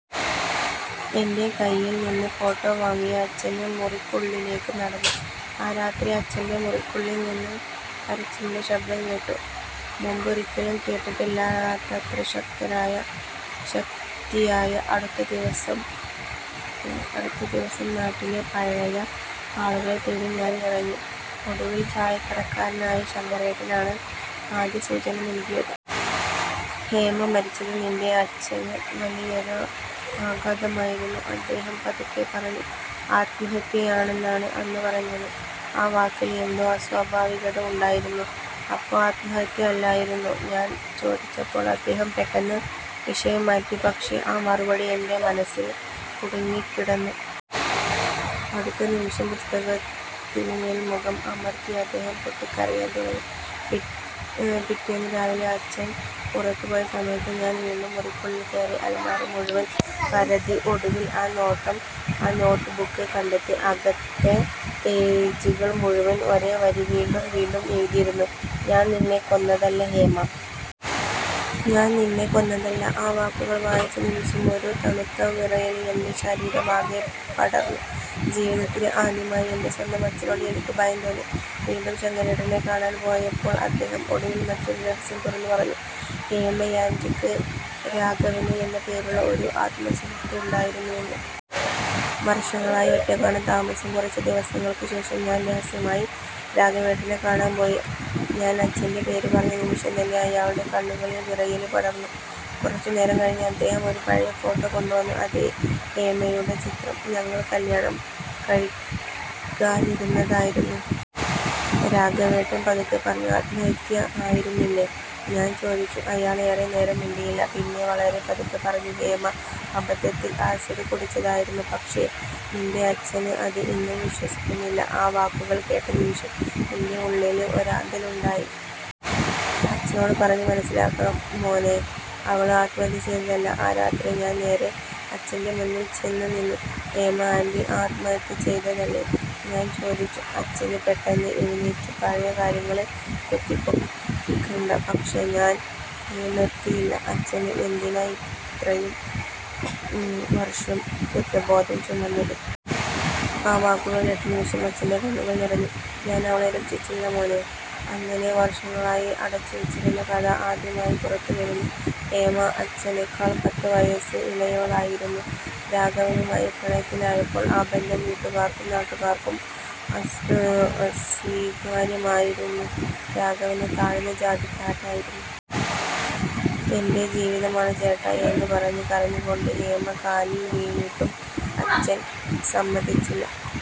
എന്റെ കയ്യില് നിന്ന് ഫോട്ടോ വാങ്ങിയ അച്ഛന് മുറിക്കുള്ളിലേക്ക് നടന്നു. ആ രാത്രി അച്ഛന്റെ മുറിക്കുള്ളില് നിന്ന് കരച്ചിലിന്റെ ശബ്ദം കേട്ടു. മുമ്പൊരിക്കലും കേട്ടിട്ടില്ലാത്തത്ര ശക്തിയായി. അടുത്ത ദിവസം നാട്ടിലെ പഴയ ആളുകളെ തേടി ഞാന് ഇറങ്ങി. ഒടുവില്, ചായക്കടക്കാരനായ ശങ്കരേട്ടനാണ് ആദ്യ സൂചന നല്കിയത്. ''ഹേമ മരിച്ചത് നിന്റെ അച്ഛന് വലിയൊരു ആഘാതമായിരുന്നു... ' അദ്ദേഹം പതുക്കെ പറഞ്ഞു. ''ആത്മഹത്യയാണെന്നാണ് അന്ന് പറഞ്ഞത്... ' ആ വാക്കില് എന്തോ അസ്വാഭാവികത ഉണ്ടായിരുന്നു. ''അപ്പോ ആത്മഹത്യ അല്ലായിരുന്നോ? '' ഞാന് ചോദിച്ചപ്പോള് അദ്ദേഹം പെട്ടെന്ന് വിഷയം മാറ്റി. പക്ഷേ ആ മറുപടി എന്റെ മനസ്സില് കുടുങ്ങിക്കിടന്നു. അടുത്ത നിമിഷം പുസ്തകത്തിനുമേല് മുഖം അമര്ത്തി അദ്ദേഹം പൊട്ടിക്കരയാന് തുടങ്ങി. പിറ്റേന്ന് രാവിലെ അച്ഛന് പുറത്തുപോയ സമയത്ത് ഞാന് വീണ്ടും മുറിക്കുള്ളില് കയറി. അലമാര മുഴുവന് പരതി. ഒടുവില് ആ നോട്ട് ബുക്ക് കണ്ടെത്തി. അകത്തെ പേജുകള് മുഴുവന് ഒരേ വരി വീണ്ടും വീണ്ടും എഴുതിയിരുന്നു 'ഞാന് നിന്നെ കൊന്നതല്ല ഹേമ... ഞാന് നിന്നെ കൊന്നതല്ല... ' ആ വാക്കുകള് വായിച്ച നിമിഷം ഒരു തണുത്ത വിറയല് എന്റെ ശരീരമാകെ പടര്ന്നു. ജീവിതത്തില് ആദ്യമായി എന്റെ സ്വന്തം അച്ഛനോട് എനിക്ക് ഭയം തോന്നി. വീണ്ടും ശങ്കരേട്ടനെ കാണാന് പോയപ്പോള് അദ്ദേഹം ഒടുവില് മറ്റൊരു രഹസ്യം തുറന്നു പറഞ്ഞു. ഹേമയാന്റിക്ക് രാഘവന് എന്ന പേരുള്ള ഒരു ആത്മസുഹൃത്ത് ഉണ്ടായിരുന്നുവെന്ന്. വര്ഷങ്ങളായി ഒറ്റയ്ക്കാണ് താമസം. കുറച്ച് ദിവസങ്ങള്ക്ക് ശേഷം ഞാന് രഹസ്യമായി രാഘവേട്ടനെ കാണാന് പോയി. ഞാന് അച്ഛന്റെ പേര് പറഞ്ഞ നിമിഷം തന്നെ അയാളുടെ കണ്ണുകളില് വിറയല് പടര്ന്നു. കുറച്ചുനേരം കഴിഞ്ഞ് അദ്ദേഹം ഒരു പഴയ ഫോട്ടോ കൊണ്ടുവന്നു. അതേ ഹേമയുടെ ചിത്രം. ''ഞങ്ങള് കല്യാണം കഴിക്കാനിരുന്നതായിരുന്നു... ' രാഘവേട്ടന് പതുക്കെ പറഞ്ഞു. ''ആത്മഹത്യ ആയിരുന്നല്ലേ? '' ഞാന് ചോദിച്ചു. അയാള് ഏറെ നേരം മിണ്ടിയില്ല. പിന്നെ വളരെ പതുക്കെ പറഞ്ഞു 'ഹേമ അബദ്ധത്തില് ആസിഡ് കുടിച്ചതായിരുന്നു... പക്ഷേ നിന്റെ അച്ഛന് അത് ഇന്നും വിശ്വസിക്കുന്നില്ല... ' ആ വാക്കുകള് കേട്ട നിമിഷം എന്റെ ഉള്ളില് ഒരാന്തല് ഉണ്ടായി. ''അച്ഛനോട് പറഞ്ഞ് മനസ്സിലാക്കണം മോനേ... അവള് ആത്മഹത്യ ചെയ്തതല്ല... ' ആ രാത്രി ഞാന് നേരെ അച്ഛന്റെ മുന്നില് ചെന്നുനിന്നു. ''ഹേമ ആന്റി ആത്മഹത്യ ചെയ്തതല്ലേ? '' ഞാന് ചോദിച്ചു. അച്ഛന് പെട്ടെന്ന് എഴുന്നേറ്റു. ''പഴയ കാര്യങ്ങള് കുത്തിപ്പൊക്കണ്ട... ' പക്ഷേ ഞാന് നിര്ത്തിയില്ല. ''അച്ഛന് എന്തിനാ ഇത്രയും വര്ഷം കുറ്റബോധം ചുമന്നത്? '' ആ വാക്കുകള് കേട്ട നിമിഷം അച്ഛന്റെ കണ്ണുകള് നിറഞ്ഞു. ''ഞാനവളെ രക്ഷിച്ചില്ല മോനേ... ' അങ്ങനെ വര്ഷങ്ങളായി അടച്ചുവെച്ചിരുന്ന കഥ ആദ്യമായി പുറത്തുവന്നു. ഹേമ അച്ഛനെക്കാള് പത്ത് വയസ് ഇളയവളായിരുന്നു. രാഘവനുമായി പ്രണയത്തിലായപ്പോള് ആ ബന്ധം വീട്ടുകാര്ക്കും നാട്ടുകാര്ക്കും അസ്വീകാര്യമായിരുന്നു. രാഘവന് താഴ്ന്ന ജാതിക്കാരനായിരുന്നു. ''എന്റെ ജീവിതമാണ് ചേട്ടാ... ' എന്ന് പറഞ്ഞ് കരഞ്ഞുകൊണ്ട് ഹേമ കാലില് വീണിട്ടും അച്ഛന് സമ്മതിച്ചില്ല.